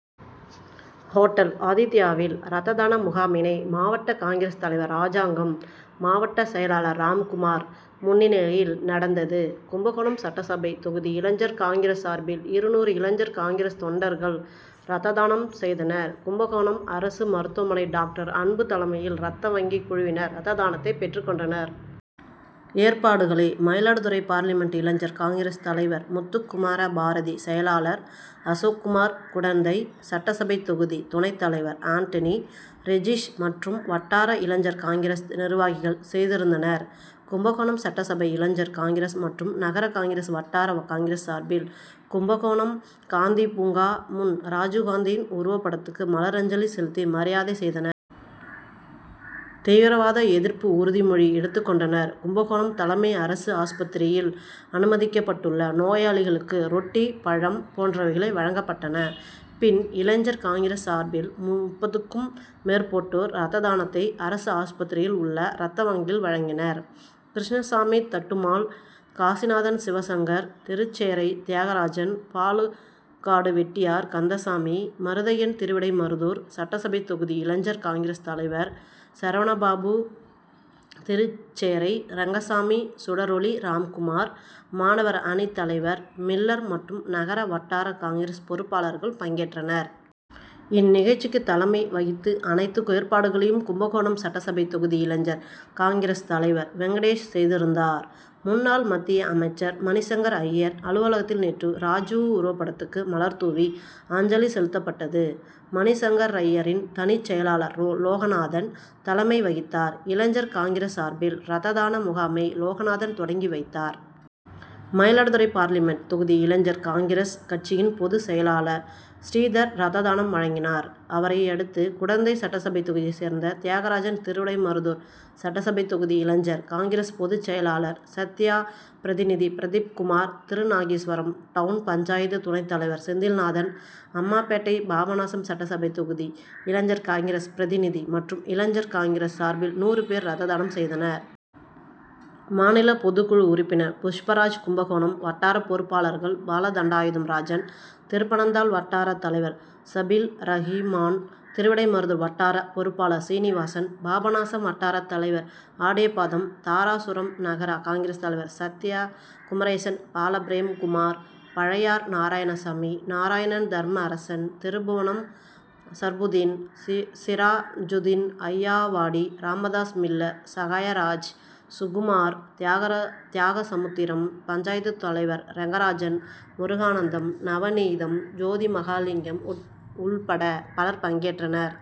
Hotel ஆதித்தியாவில் ரத்ததான முகாமினை மாவட்ட காங்கிரஸ் தலைவர் ராஜாங்கம் மாவட்டச் செயலாளர் ராம்குமார் முன்னிலையில் நடந்தது. கும்பகோணம் சட்டசபை தொகுதி இளைஞர் காங்கிரஸ் சார்பில் இருநூறு இளைஞர் காங்கிரஸ் தொண்டர்கள் ரத்ததானம் செய்தனர். கும்பகோணம் அரசு மருத்துவமனை டாக்டர் அன்பு தலைமையில் ரத்த வங்கி குழுவினர் ரத்ததானத்தை பெற்றுக்கொண்டனர். ஏற்பாடுகளை மயிலாடுதுறை பார்லிமென்ட் இளைஞர் காங்கிரஸ் தலைவர் முத்துக்குமரபாரதி செயலாளர் அசோக்குமார் குடந்தை சட்டசபை தொகுதி துணைத்தலைவர் ஆண்டனி ரெஜிஸ் மற்றும் வட்டார இளைஞர் காங்கிரஸ் நிர்வாகிகள் செய்திருந்தனர். கும்பகோணம் சட்டசபை இளைஞர் காங்கிரஸ் மற்றும் நகர காங்கிரஸ் வட்டார காங்கிரஸ் சார்பில் கும்பகோணம் காந்தி பூங்கா முன் ராஜீவ்காந்தியின் உருவபடத்துக்கு மலரஞ்சலி செலுத்தி மரியாதை செய்தனர். தீவிரவாத எதிர்ப்பு உறுதிமொழி எடுத்துக் கொண்டனர். கும்பகோணம் தலைமை அரசு ஆஸ்பத்திரியில் அனுமதிக்கப்பட்டுள்ள நோயாளிகளுக்கு ரொட்டி பழம் போன்றவைகள் வழங்கப்பட்டன. பின் இளைஞர் காங்கிரஸ் சார்பில் முப்பதுக்கும் மேற்பட்டோர் ரத்ததானத்தை அரசு ஆஸ்பத்திரியில் உள்ள ரத்தவங்கியில் வழங்கினர். கிருஷ்ணசாமி தட்டுமால் காசிநாதன் சிவசங்கர் திருச்சேறை தியாகராஜன் பாலுகாடுவெட்டியார் கந்தசாமி மருதையன் திருவிடைமருதூர் சட்டசபை தொகுதி இளைஞர் காங்கிரஸ் தலைவர் சரவணபாபு திருச்சேறை ரெங்கசாமி சுடரொலி ராம்குமார் மாணவர் அணி தலைவர் மில்லர் மற்றும் நகர வட்டார காங்கிரஸ் பொறுப்பாளர்கள் பங்கேற்றனர். இந்நிகழ்ச்சிக்கு தலைமை வகித்து அனைத்து ஏற்பாடுகளையும் கும்பகோணம் சட்டசபை தொகுதி இளைஞர் காங்கிரஸ் தலைவர் வெங்கடேஷ் செய்திருந்தார். முன்னாள் மத்திய அமைச்சர் மணிசங்கர்அய்யர் அலுவலகத்தில் நேற்று ராஜீவ் உருவபடத்துக்கு மலர்தூவி அஞ்சலி செலுத்தப்பட்டது. மணிசங்கரய்யரின் தனிச் செயலாளர் லோகநாதன் தலைமை வகித்தார். இளைஞர் காங்கிரஸ் சார்பில் ரத்ததான முகாமை லோகநாதன் தொடங்கி வைத்தார். மயிலாடுதுறை பார்லிமென்ட் தொகுதி இளைஞர் காங்கிரஸ் கட்சியின் பொதுச்செயலாளர் ஸ்ரீதர் ரத்ததானம் வழங்கினார். அவரையடுத்து குடந்தை சட்டசபை தொகுதியைச் சேர்ந்த தியாகராஜன் திருவிடைமருதூர் சட்டசபை தொகுதி இளைஞர் காங்கிரஸ் பொதுச்செயலாளர் சத்யா பிரதிநிதி பிரதீப்குமார் திருநாகேஸ்வரம் டவுன் பஞ்சாயத்து துணைத்தலைவர் செந்தில்நாதன் அம்மாபேட்டை பாபநாசம் சட்டசபை தொகுதி இளைஞர் காங்கிரஸ் பிரதிநிதி மற்றும் இளைஞர் காங்கிரஸ் சார்பில் நூறு பேர் ரத்ததானம் செய்தனர். மாநில பொதுக்குழு உறுப்பினர் புஷ்பராஜ் கும்பகோணம் வட்டார பொறுப்பாளர்கள் பாலதண்டாயுதம் ராஜன் திருப்பனந்தாள் வட்டாரத் தலைவர் சபீல்ரஹீமான் திருவிடைமருதூர் வட்டார பொறுப்பாளர் சீனிவாசன் பாபநாசம் வட்டாரத்தலைவர் ஆடியபாதம் தாராசுரம் நகர காங்கிரஸ் தலைவர் சத்யா குமரேசன் பாலபிரேம்குமார் பழையார் நாராயணசாமி நாராயணன் தர்மஅரசன் திருபுவனம் சர்புதீன் சிராஜஞுதீன் அய்யாவாடி ராமதாஸ் மில்லர் சகாயராஜ் சுகுமார் தியாகசமுத்திரம் பஞ்சாயத்து தலைவர் ரெங்கராஜன் முருகானந்தம் நவநீதம் ஜோதிமகாலிங்கம் உள்பட பலர் பங்கேற்றனர்.